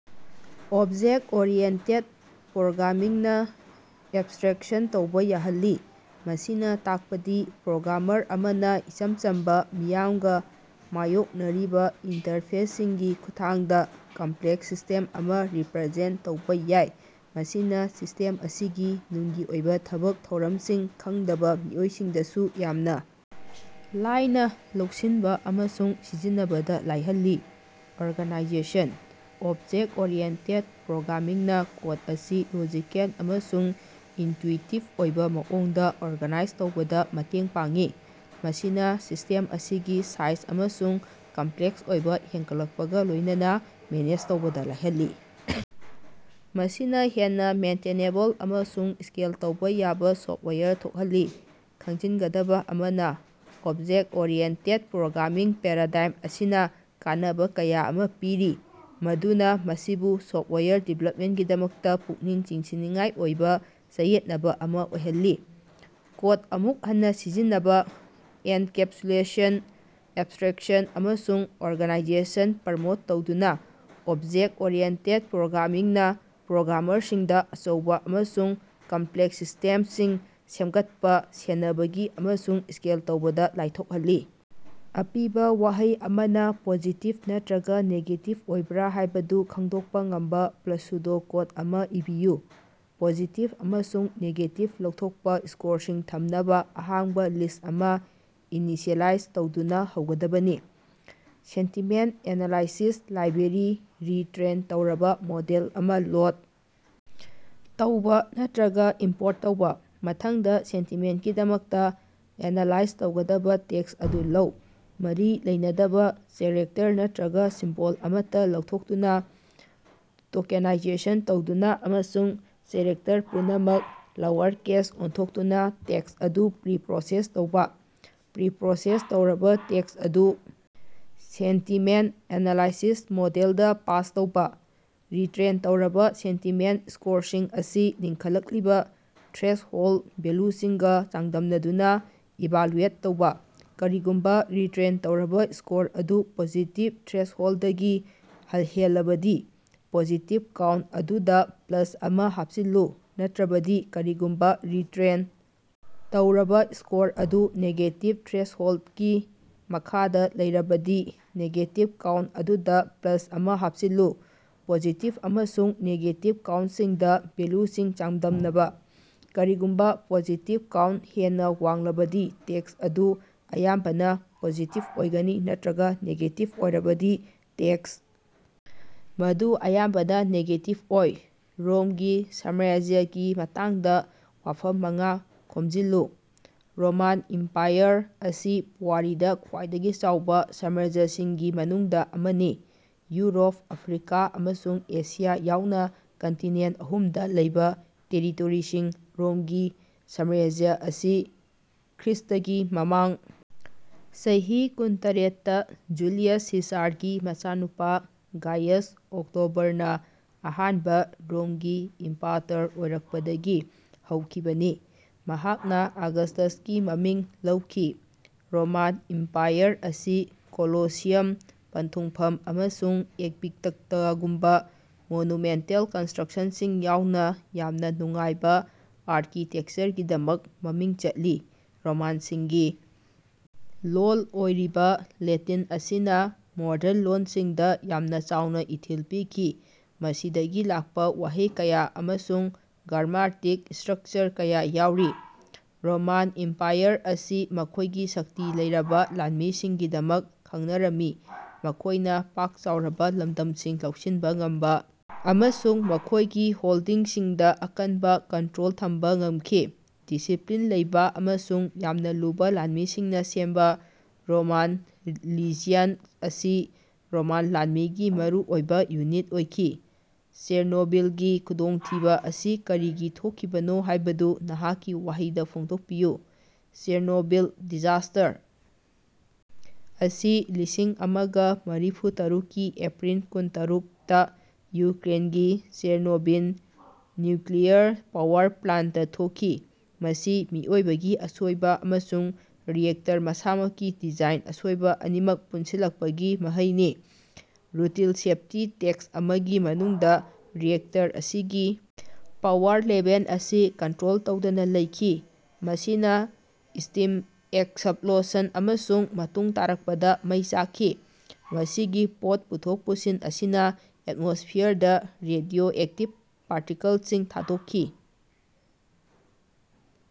Object oriented programming ꯅ abstraction ꯇꯧꯕ ꯌꯥꯍꯜꯂꯤ, ꯃꯁꯤꯅ ꯇꯥꯛꯄꯗꯤ ꯄ꯭ꯔꯣꯒ꯭ꯔꯥꯃꯔ ꯑꯃꯅ ꯏꯆꯝ ꯆꯝꯕ, ꯃꯤꯌꯥꯝꯒ ꯃꯥꯌꯣꯛꯅꯔꯤꯕ ꯏꯟꯇꯔꯐꯦꯁꯁꯤꯡꯒꯤ ꯈꯨꯠꯊꯥꯡꯗ ꯀꯝꯄ꯭ꯂꯦꯛꯁ ꯁꯤꯁꯇꯦꯝ ꯑꯃ ꯔꯤꯄ꯭ꯔꯖꯦꯟꯇ ꯇꯧꯕ ꯌꯥꯏ꯫ ꯃꯁꯤꯅ ꯁꯤꯁ꯭ꯇꯦꯝ ꯑꯁꯤꯒꯤ ꯅꯨꯡꯒꯤ ꯑꯣꯏꯕ ꯊꯕꯛ ꯊꯧꯔꯞꯁꯤꯡ ꯈꯪꯗꯕ ꯃꯤꯑꯣꯏꯁꯤꯡꯗꯁꯨ ꯌꯥꯝꯅ ꯂꯥꯏꯅ ꯂꯧꯁꯤꯟꯕ ꯑꯃꯁꯨꯡ ꯁꯤꯖꯤꯟꯅꯕꯗ ꯂꯥꯏꯍꯜꯂꯤ꯫ ꯑꯣꯔꯒꯅꯥꯏꯖꯦꯁꯟ: ꯑꯣꯕꯖꯦꯛ ꯑꯣꯔꯤꯌꯦꯟꯇꯦꯗ ꯄ꯭ꯔꯣꯒ꯭ꯔꯥꯃꯤꯡ ꯅ ꯀꯣꯗ ꯑꯁꯤ ꯂꯣꯖꯤꯀꯦꯜ ꯑꯃꯁꯨꯡ ꯏꯟꯇ꯭ꯌꯨꯏꯇꯤꯕ ꯑꯣꯏꯕ ꯃꯑꯣꯡꯗ ꯑꯣꯔꯒꯅꯥꯏꯖ ꯇꯧꯕꯗ ꯃꯇꯦꯡ ꯄꯥꯡꯏ, ꯃꯁꯤꯅ ꯁꯤꯁ꯭ꯇꯦꯝ ꯑꯁꯤꯒꯤ ꯁꯥꯏꯖ ꯑꯃꯁꯨꯡ ꯀꯝꯄ꯭ꯂꯦꯛꯁ ꯑꯣꯏꯕ ꯍꯦꯟꯒꯠꯂꯛꯄꯒ ꯂꯣꯏꯅꯅ ꯃꯦꯅꯦꯖ ꯇꯧꯕꯗ ꯂꯥꯏꯍꯜꯂꯤ꯫ ꯃꯁꯤꯅ ꯍꯦꯟꯅ ꯃꯦꯟꯇꯅꯦꯕꯜ ꯑꯃꯁꯨꯡ ꯁ꯭ꯀꯦꯜ ꯇꯧꯕ ꯌꯥꯕ ꯁꯣꯐꯇꯋꯥꯌꯔ ꯊꯣꯛꯍꯜꯂꯤ꯫ ꯈꯪꯖꯤꯟꯒꯗꯕ ꯑꯃꯅ, ꯑꯣꯕꯖꯦꯛꯇ-ꯑꯣꯔꯤꯑꯦꯟꯇꯦꯗ ꯄ꯭ꯔꯣꯒ꯭ꯔꯥꯃꯤꯡ ꯄꯦꯔꯥꯗꯥꯏꯝ ꯑꯁꯤꯅ ꯀꯥꯟꯅꯕ ꯀꯌꯥ ꯑꯃ ꯄꯤꯔꯤ ꯃꯗꯨꯅ ꯃꯁꯤꯕꯨ ꯁꯣꯐꯇꯋꯥꯌꯔ ꯗꯤꯚꯦꯂꯞꯃꯦꯟꯇꯒꯤꯗꯃꯛꯇ ꯄꯨꯛꯅꯤꯡ ꯆꯤꯡꯁꯤꯟꯅꯤꯡꯉꯥꯏ ꯑꯣꯏꯕ ꯆꯌꯦꯠꯅꯕ ꯑꯃ ꯑꯣꯏꯍꯜꯂꯤ꯫ ꯀꯣꯗ ꯑꯃꯨꯛ ꯍꯟꯅ ꯁꯤꯖꯤꯟꯅꯕ, ꯑꯦꯟꯀꯦꯞꯁꯨꯂꯦꯁꯟ, ꯑꯦꯕꯁ꯭ꯇꯔꯦꯛꯁꯟ, ꯑꯃꯁꯨꯡ ꯑꯣꯔꯒꯅꯥꯏꯖꯦꯁꯟ ꯄ꯭ꯔꯃꯣꯠ ꯇꯧꯗꯨꯅ, ꯑꯣꯕꯖꯦꯛ ꯑꯣꯔꯤꯌꯦꯟꯇꯦꯗ ꯄ꯭ꯔꯣꯒ꯭ꯔꯥꯃꯤꯡ ꯅ ꯄ꯭ꯔꯣꯒ꯭ꯔꯥꯃꯔꯁꯤꯡꯗ ꯑꯆꯧꯕ ꯑꯃꯁꯨꯡ ꯀꯝꯄ꯭ꯂꯦꯛꯁ ꯁꯤꯁ꯭ꯇꯦꯞꯁꯤꯡ ꯁꯦꯝꯒꯠꯄ, ꯁꯦꯟꯅꯕꯒꯤ ꯑꯃꯁꯨꯡ ꯁ꯭ꯀꯦꯜ ꯇꯧꯕꯗ ꯂꯥꯏꯊꯣꯛꯍꯜꯂꯤ꯫। ꯑꯄꯤꯕ ꯋꯥꯍꯩ ꯑꯃꯅ ꯄꯣꯖꯤꯇꯤꯚ ꯅꯠꯇ꯭ꯔꯒ ꯅꯦꯒꯦꯇꯤꯚ ꯑꯣꯏꯕꯔ ꯍꯥꯏꯕꯗꯨ ꯈꯪꯗꯣꯛꯄ ꯉꯝꯕ ꯄ꯭ꯁꯨꯗꯣ-ꯀꯣꯗ ꯑꯃ ꯏꯕꯤꯌꯨ꯫ ꯄꯣꯖꯤꯇꯤꯚ ꯑꯃꯁꯨꯡ ꯅꯦꯒꯦꯇꯤꯚ ꯂꯧꯊꯣꯛꯄ ꯁ꯭ꯀꯣꯔꯁꯤꯡ ꯊꯝꯅꯕ ꯑꯍꯥꯡꯕ ꯂꯤꯁ꯭ꯠ ꯑꯃ ꯏꯅꯤꯁꯤꯑꯦꯂꯥꯏꯖ ꯇꯧꯗꯨꯅ ꯍꯧꯒꯗꯕꯅꯤ꯫ ꯁꯦꯟꯇꯤꯃꯦꯟꯇ ꯑꯦꯅꯂꯥꯏꯁꯤꯁ ꯂꯥꯏꯕ꯭ꯔꯦꯔꯤ ꯔꯤ-ꯇ꯭ꯔꯦꯟ ꯇꯧꯔꯕ ꯃꯣꯗꯦꯜ ꯑꯃ ꯂꯣꯗ ꯇꯧꯕ ꯅꯠꯇ꯭ꯔꯒ ꯏꯝꯄ꯭ꯣꯔꯠ ꯇꯧꯕ꯫ ꯃꯊꯪꯗ, ꯁꯦꯟꯇꯤꯃꯦꯟꯇꯀꯤꯗꯃꯛꯇ ꯑꯦꯅꯂꯥꯏꯖ ꯇꯧꯒꯗꯕ ꯇꯦꯛꯁ ꯑꯗꯨ ꯂꯧ꯫ ꯃꯔꯤ ꯂꯩꯅꯗꯕ ꯆꯦꯛꯔꯦꯛꯇꯔ ꯅꯠꯇ꯭ꯔꯒ ꯁꯤꯝꯕꯣꯜ ꯑꯃꯠꯇ ꯂꯧꯊꯣꯛꯇꯨꯅ, ꯇꯣꯀꯦꯅꯥꯏꯖꯦꯁꯟ ꯇꯧꯗꯨꯅ, ꯑꯃꯁꯨꯡ ꯆꯦꯛꯔꯦꯛꯇꯔ ꯄꯨꯝꯅꯃꯛ ꯂꯣꯋꯔꯀꯦꯁꯇ ꯑꯣꯟꯊꯣꯛꯇꯨꯅ ꯇꯦꯛꯁ ꯑꯗꯨ ꯄ꯭ꯔꯤꯄ꯭ꯔꯣꯁꯦꯁ ꯇꯧꯕ꯫ ꯄ꯭ꯔꯤꯄ꯭ꯔꯣꯁꯦꯁ ꯇꯧꯔꯕ ꯇꯦꯛꯁ ꯑꯗꯨ ꯁꯦꯟꯇꯤꯃꯦꯟꯇ ꯑꯦꯅꯂꯥꯏꯁꯤꯁ ꯃꯣꯗꯦꯜꯗ ꯄꯥꯁ ꯇꯧꯕ꯫ ꯔꯤꯇ꯭ꯔꯦꯟ ꯇꯧꯔꯕ ꯁꯦꯟꯇꯤꯃꯦꯟꯇ ꯁ꯭ꯀꯣꯔꯁꯤꯡ ꯑꯁꯤ ꯂꯤꯡꯈꯠꯂꯛꯂꯤꯕ ꯊ꯭ꯔꯦꯁꯍꯣꯜꯗ ꯚꯦꯂ꯭ꯌꯨꯁꯤꯡꯒ ꯆꯥꯡꯗꯝꯅꯗꯨꯅ ꯏꯚꯥꯂꯨꯑꯦꯠ ꯇꯧꯕ꯫ ꯀꯔꯤꯒꯨꯝꯕ ꯔꯤꯇ꯭ꯔꯦꯟ ꯇꯧꯔꯕ ꯁ꯭ꯀꯣꯔ ꯑꯗꯨ ꯄꯣꯖꯤꯇꯤꯚ ꯊ꯭ꯔꯦꯁꯍꯣꯜꯗꯇꯒꯤ ꯍꯦꯜꯂꯕꯗꯤ, ꯄꯣꯖꯤꯇꯤꯚ ꯀꯥꯎꯟꯇ ꯑꯗꯨꯗ ꯄ꯭ꯂꯁ ꯑꯃ ꯍꯥꯞꯆꯤꯜꯂꯨ꯫ ꯅꯠꯇ꯭ꯔꯕꯗꯤ, ꯀꯔꯤꯒꯨꯝꯕ ꯔꯤꯇ꯭ꯔꯦꯟ ꯇꯧꯔꯕ ꯁ꯭ꯀꯣꯔ ꯑꯗꯨ ꯅꯦꯒꯦꯇꯤꯚ ꯊ꯭ꯔꯦꯁꯍꯣꯜꯗꯀꯤ ꯃꯈꯥꯗ ꯂꯩꯔꯕꯗꯤ, ꯅꯦꯒꯦꯇꯤꯚ ꯀꯥꯎꯟꯇ ꯑꯗꯨꯗ ꯄ꯭ꯂꯁ ꯑꯃ ꯍꯥꯞꯆꯤꯜꯂꯨ꯫ ꯄꯣꯖꯤꯇꯤꯚ ꯑꯃꯁꯨꯡ ꯅꯦꯒꯦꯇꯤꯚ ꯀꯥꯎꯟꯇꯁꯤꯡꯗ ꯚꯦꯂ꯭ꯌꯨꯁꯤꯡ ꯆꯥꯡꯗꯝꯅꯕ꯫ ꯀꯔꯤꯒꯨꯝꯕ ꯄꯣꯖꯤꯇꯤꯚ ꯀꯥꯎꯟꯇ ꯍꯦꯟꯅ ꯋꯥꯡꯂꯕꯗꯤ ꯇꯦꯛꯁ ꯑꯗꯨ ꯑꯌꯥꯝꯕꯅ ꯄꯣꯖꯤꯇꯤꯚ ꯑꯣꯏꯒꯅꯤ ꯅꯠꯇ꯭ꯔꯒ ꯅꯦꯒꯦꯇꯤꯚ ꯑꯣꯏꯔꯕꯗꯤ ꯇꯦꯛꯁ ꯃꯗꯨ ꯑꯌꯥꯝꯕꯅ ꯅꯦꯒꯦꯇꯤꯚ ꯑꯣꯏ꯫ ꯔꯣꯝꯒꯤ ꯁꯥꯝꯔꯥꯖ꯭ꯌꯒꯤ ꯃꯇꯥꯡꯗ ꯋꯥꯐꯝ ꯃꯉꯥ ꯈꯣꯝꯖꯤꯜꯂꯨ꯫ ꯔꯣꯃꯥꯟ ꯏꯝꯄꯥꯌꯔ ꯑꯁꯤ ꯄꯨꯋꯥꯔꯤꯗ ꯈ꯭ꯋꯥꯏꯗꯒꯤ ꯆꯥꯎꯕ ꯁꯥꯝꯔꯥꯖ꯭ꯌꯁꯤꯡꯒꯤ ꯃꯅꯨꯡꯗ ꯑꯃꯅꯤ, ꯌꯨꯔꯣꯞ, ꯑꯐ꯭ꯔꯤꯀꯥ ꯑꯃꯁꯨꯡ ꯑꯦꯁꯤꯌꯥ ꯌꯥꯎꯅ ꯀꯟꯇꯤꯅꯦꯟꯇ ꯑꯍꯨꯝꯗ ꯂꯩꯕ ꯇꯦꯔꯤꯇꯣꯔꯤꯁꯤꯡ ꯔꯣꯝꯒꯤ ꯁꯥꯝꯔꯥꯖ꯭ꯌ ꯑꯁꯤ ꯈ꯭ꯔ꯭ꯏꯁ꯭ꯇꯒꯤ ꯃꯃꯥꯡ ꯆꯍꯤ ꯀꯨꯟꯇꯔꯦꯠ ꯇ ꯖꯨꯂꯤꯌꯁ ꯁꯤꯖꯥꯔꯒꯤ ꯃꯆꯥꯅꯨꯄꯥ ꯒꯥꯏꯌꯁ ꯑꯣꯛꯇꯣꯕꯔꯅ ꯑꯍꯥꯟꯕ ꯔꯣꯝꯒꯤ ꯏꯝꯄꯥꯔꯇꯔ ꯑꯣꯏꯔꯀꯄꯗꯒꯤ ꯍꯧꯈꯤꯕꯅꯤ, ꯃꯍꯥꯛꯅꯥ ꯑꯒꯁ꯭ꯇꯁꯀꯤ ꯃꯃꯤꯡ ꯂꯧꯈꯤ꯫ ꯔꯣꯃꯥꯟ ꯏꯝꯄꯥꯌꯔ ꯑꯁꯤ ꯀꯣꯂꯣꯁꯤꯌꯝ, ꯄꯟꯊꯨꯡꯐꯝ, ꯑꯃꯁꯨꯡ ꯑꯦꯛꯕꯤꯗꯛꯇꯒꯨꯝꯕ ꯃꯣꯅꯨꯃꯦꯟꯇꯜ ꯀꯟꯁꯇ꯭ꯔꯛꯁꯟꯁꯤꯡ ꯌꯥꯎꯅ ꯌꯥꯝꯅ ꯅꯨꯡꯉꯥꯏꯕ ꯑꯥꯔꯀꯤꯇꯦꯛꯆꯔꯒꯤꯗꯃꯛ ꯃꯃꯤꯡ ꯆꯠꯂꯤ꯫ ꯔꯣꯃꯥꯟꯁꯤꯡꯒꯤ ꯂꯣꯜ ꯑꯣꯏꯔꯤꯕ ꯂꯦꯇꯤꯟ ꯑꯁꯤꯅ ꯃꯣꯔꯗꯟ ꯂꯣꯟꯁꯤꯡꯗ ꯌꯥꯝꯅ ꯆꯥꯎꯅ ꯏꯊꯤꯜ ꯄꯤꯈꯤ, ꯃꯁꯤꯗꯒꯤ ꯂꯥꯛꯄ ꯋꯥꯍꯩ ꯀꯌꯥ ꯑꯃꯁꯨꯡ ꯒ꯭ꯔꯥꯃꯥꯔꯇꯤꯛ ꯁ꯭ꯇꯔꯛꯆꯔ ꯀꯌꯥ ꯌꯥꯎꯔꯤ꯫ ꯔꯣꯃꯥꯟ ꯏꯝꯄꯥꯌꯔ ꯑꯁꯤ ꯃꯈꯣꯏꯒꯤ ꯁꯛꯇꯤ ꯂꯩꯔꯕ ꯂꯥꯟꯃꯤꯁꯤꯡꯒꯤꯗꯃꯛ ꯈꯪꯅꯔꯝꯃꯤ, ꯃꯈꯣꯏꯅ ꯄꯥꯛ ꯆꯥꯎꯔꯕ ꯂꯝꯗꯝꯁꯤꯡ ꯂꯧꯁꯤꯟꯕ ꯉꯝꯕ ꯑꯃꯁꯨꯡ ꯃꯈꯣꯏꯒꯤ ꯍꯣꯜꯗꯤꯡꯁꯤꯡꯗ ꯑꯀꯟꯕ ꯀꯟꯇ꯭ꯔꯣꯜ ꯊꯝꯕ ꯉꯝꯈꯤ꯫ ꯗꯤꯁꯤꯄ꯭ꯂꯤꯟ ꯂꯩꯕ ꯑꯃꯁꯨꯡ ꯌꯥꯝꯅ ꯂꯨꯕ ꯂꯥꯟꯃꯤꯁꯤꯡꯅ ꯁꯦꯝꯕ ꯔꯣꯃꯥꯟ ꯂꯤꯖ꯭ꯌꯟ ꯑꯁꯤ ꯔꯣꯃꯥꯟ ꯂꯥꯟꯃꯤꯒꯤ ꯃꯔꯨꯑꯣꯏꯕ ꯌꯨꯅꯤꯠ ꯑꯣꯏꯈꯤ꯫ ꯆꯦꯔꯅꯣꯕꯤꯜꯒꯤ ꯈꯨꯗꯣꯡꯊꯤꯕ ꯑꯁꯤ ꯀꯔꯤꯒꯤ ꯊꯣꯛꯈꯤꯕꯅꯣ ꯍꯥꯏꯕꯗꯨ ꯅꯍꯥꯛꯀꯤ ꯋꯥꯍꯩꯗ ꯐꯣꯡꯗꯣꯛꯄꯤꯌꯨ꯫ ꯆꯦꯔꯅꯣꯕꯤꯜ ꯗꯤꯖꯥꯁꯇꯔ ꯑꯁꯤ ꯂꯤꯁꯤꯡ ꯑꯃꯒ ꯃꯔꯤꯐꯨ ꯇꯔꯨꯛ ꯀꯤ ꯑꯦꯄ꯭ꯔꯤꯜ ꯀꯨꯟꯇꯔꯨꯛ ꯇ ꯌꯨꯀ꯭ꯔꯦꯟꯒꯤ ꯆꯦꯔꯅꯣꯕꯤꯜ ꯅ꯭ꯌꯨꯀ꯭ꯂꯤꯌꯔ ꯄꯥꯋꯔ ꯄ꯭ꯂꯥꯟꯇꯇ ꯊꯣꯛꯈꯤ꯫ ꯃꯁꯤ ꯃꯤꯑꯣꯏꯕꯒꯤ ꯑꯁꯣꯏꯕ ꯑꯃꯁꯨꯡ ꯔꯤꯑꯦꯛꯇꯔ ꯃꯁꯥꯃꯛꯀꯤ ꯗꯤꯖꯥꯏꯟꯗ ꯑꯁꯣꯏꯕ ꯑꯅꯤꯃꯛ ꯄꯨꯟꯁꯤꯜꯂꯛꯄꯒꯤ ꯃꯍꯩꯅꯤ꯫ ꯔꯨꯇꯤꯟ ꯁꯦꯐꯇꯤ ꯇꯦꯁꯠ ꯑꯃꯒꯤ ꯃꯅꯨꯡꯗ ꯔꯤꯑꯦꯛꯇꯔ ꯑꯁꯤꯒꯤ ꯄꯥꯋꯔ ꯂꯦꯚꯦꯜ ꯑꯁꯤ ꯀꯟꯇ꯭ꯔꯣꯜ ꯇꯧꯗꯅ ꯂꯩꯈꯤ, ꯃꯁꯤꯅ ꯁ꯭ꯇꯤꯝ ꯑꯦꯛꯁꯞꯂꯣꯁꯟ ꯑꯃꯁꯨꯡ ꯃꯇꯨꯡ ꯇꯥꯔꯛꯄꯗ ꯃꯩ ꯆꯥꯛꯈꯤ꯫ ꯃꯁꯤꯒꯤ ꯄꯣꯠ ꯄꯨꯊꯣꯛ ꯄꯨꯁꯤꯟ ꯑꯁꯤꯅ ꯑꯦꯠꯃꯣꯁꯐ꯭ꯌꯔꯗ ꯔꯦꯗꯤꯑꯣꯑꯦꯛꯇꯤꯚ ꯄꯥꯔꯇꯤꯀꯜꯁꯤꯡ ꯊꯥꯗꯣꯛꯈꯤ꯫